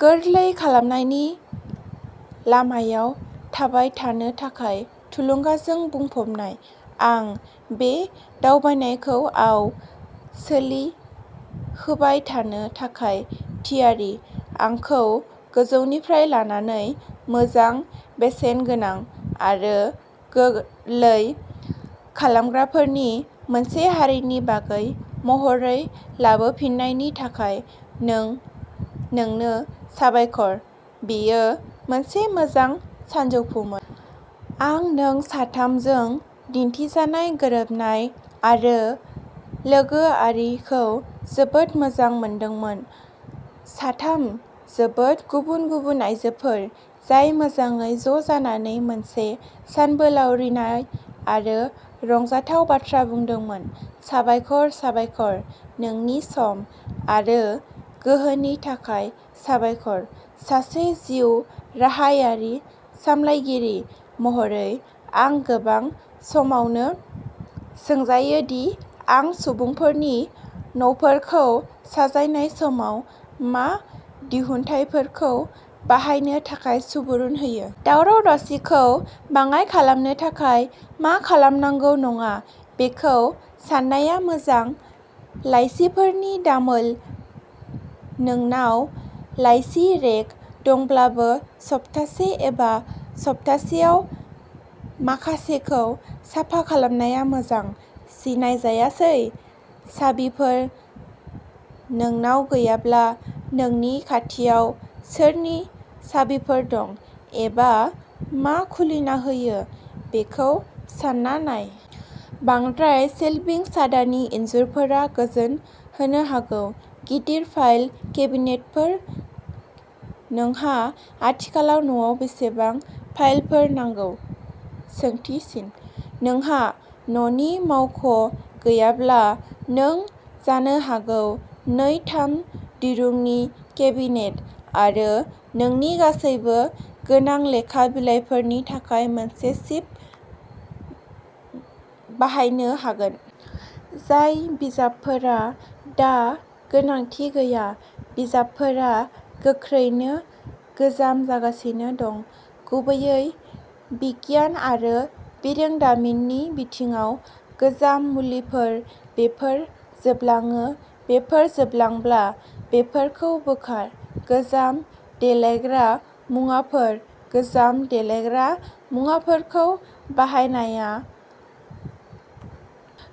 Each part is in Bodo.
गोरलै खालामनायनि लामायाव थाबाय थानो थाखाय थुलुंगाजों बुंफबनाय। आं बे दावबायनायखौ आव सोलिहोबाय थानो थाखाय थियारि। आंखौ गोजौनिफ्राय लानानै मोजां, बेसेनगोनां आरो गोरलै खालामग्राफोरनि मोनसे हारिनि बागै महरै लाबोफिन्नायनि थाखाय नों नोंनो साबायखर। बेयो मोनसे मोजां सानजौफुमोन। आं नों साथामजों दिन्थिजानाय गोरोबनाय आरो लोगोआरिखौ जोबोद मोजां मोनदोंमोन। साथाम जोबोद गुबुन-गुबुन आयजोफोर जाय मोजाङै ज' जानानै मोनसे सानबोलावरिनाय आरो रंजाथाव बाथ्रा बुंदोंमोन। साबायखर, साबायखर, नोंनि सम आरो गोहोनि थाखाय साबायखर। सासे जिउ राहायारि सामलायगिरि महरै, आं गोबां समावनो सोंजायो दि आं सुबुंफोरनि न'फोरखौ साजायनाय समाव मा दिहुनथायफोरखौ बाहायनो थाखाय सुबुरुन होयो। दावराव-दावसिखौ बाङाइ खालामनो थाखाय मा खालामनांगौ नङा बेखौ साननाया मोजां। लाइसिफोरनि दामोल नोंनाव लाइसि रेक दंब्लाबो, सप्तासे एबा सप्तासेयाव माखासेखौ साफा खालामनाया मोजां। सिनायजायै साबिफोर नोंनाव गैयाब्ला। नोंनि खाथियाव सोरनि साबिफोर दं एबा मा खुलिना होयो, बेखौ सानना नाय। बांद्राय सेल्भिं-सादानि इनजुरफोरा गोजोन होनो हागौ। गिदिर फाइल केबिनेटफोर नोंहा आथिखालाव न'आव बेसेबां फाइलफोर नांगौ? नोंहा न'नि मावख' गैयाब्ला, नों जानो हागौ नै-थाम दिरुंनि केबिनेट आरो नोंनि गासिबो गोनां लेखा बिलाइफोरनि थाखाय मोनसे सेफ बाहायनो हागोन। जाय बिजाबफोरा दा गोनांथि गैया बिजाबफोरा गोख्रैनो गोजाम जागासिनो दं, गुबैयै बिगियान आरो बिरोंदामिननि बिथिङाव। गोजाम मुलिफोर बेफोर जोबलाङो। बेफोर जोबब्ला बेफोरखौ बोखार। गोजाम देलायग्रा मुवाफोर गोजाम देलायग्रा मुवाफोरखौ बाहायनाया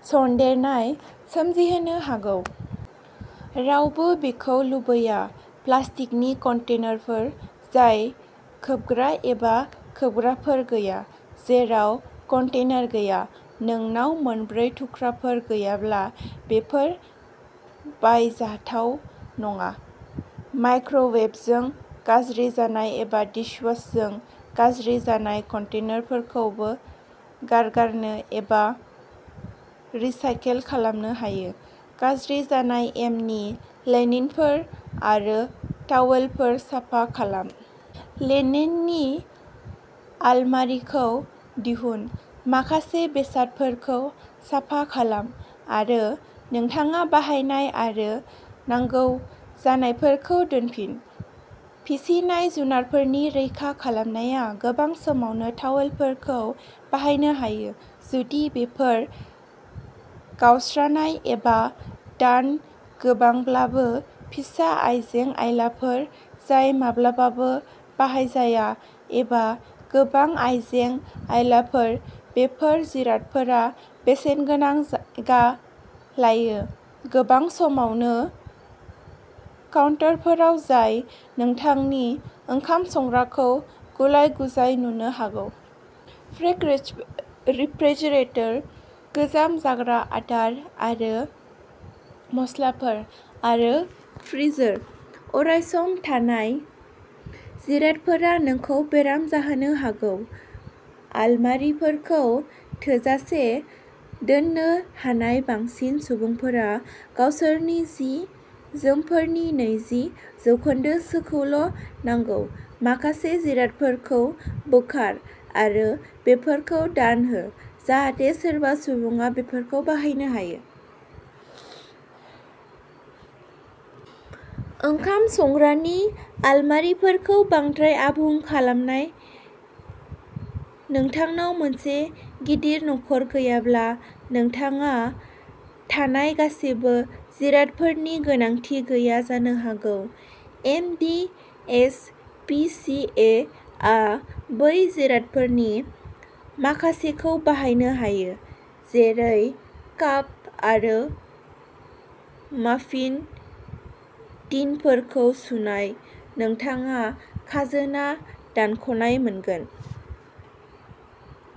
सन्देरनाय सोमजिहोनो हागौ। रावबो बेखौ लुबैया। प्लास्टिकनि कन्टेनारफोर जाय खोबग्रा एबा खोबग्राफोर गैया जेराव कन्टेनार गैया-नोंनाव मोनब्रै थुख्राफोर गैयाब्ला, बेफोर बाहायजाथाव नङा। माइक्र'वेभजों गाज्रि जानाय एबा डिशवाजों गाज्रि जानाय कन्टेनारफोरखौबो गारगारनो एबा रिसाइकेल खालामनो हायो। गाज्रि जानाय एमनि लिनेनफोर आरो तावेलफोर साफा खालाम। लिनेननि आलमारिखौ दिहुन, माखासे बेसादफोरखौ साफा खालाम आरो नोंथाङा बाहायनाय आरो नांगौ जानायफोरखौ दोनफिन। फिसिनाय जुनारफोरनि रैखा खालामनाया गोबां समावनो टावेलफोरखौ बाहायनो हायो, जुदि बेफोर गावस्रानाय एबा दान गोनांब्लाबो। फिसा आइजें आइलाफोर जाय माब्लाबाबो बाहायजाया एबा गोबां आइजें आइलाफोर बेफोर जिरादफोरा बेसेनगोनां जायगा लायो, गोबां समावनो काउन्टारफोराव जाय नोंथांनि ओंखाम संग्राखौ गुलाय-गुजाय नुनो हागौ। प्रेक्ड रेस रेफ्रिजारेटर गोजाम जाग्रा आदार आरो मसलाफोर आरो फ्रिजार अरायसम थानाय जिरादफोरा नोंखौ बेराम जाहोनो हागौ। आलमारिफोरखौ थोजासे दोन्नो हानाय बांसिन सुबुंफोरा गावसोरनि जि-जोमफोरनि नैजि जौखोन्दोसोखौल' नांगौ। माखासे जिरादफोरखौ बोखार आरो बेफोरखौ दान हो जाहाथे सोरबा सुबुंआ बेफोरखौ बाहायनो हायो। ओंखाम संग्रानि आलमारिफोरखौ बांद्राय आबुं खालामनाय नोंथांनाव मोनसे गिदिर नखर गैयाब्ला, नोंथाङा थानाय गासिबो जिरादफोरनि गोनांथि गैया जानो हागौ। M D S P C A आ बैफोर जिरादफोरनि माखासेखौ बाहायनो हायो, जेरै काप आरो माफिन टिनफोरखौ सुनाय। नोंथाङा खाजोना दानख'नाय मोनगोन।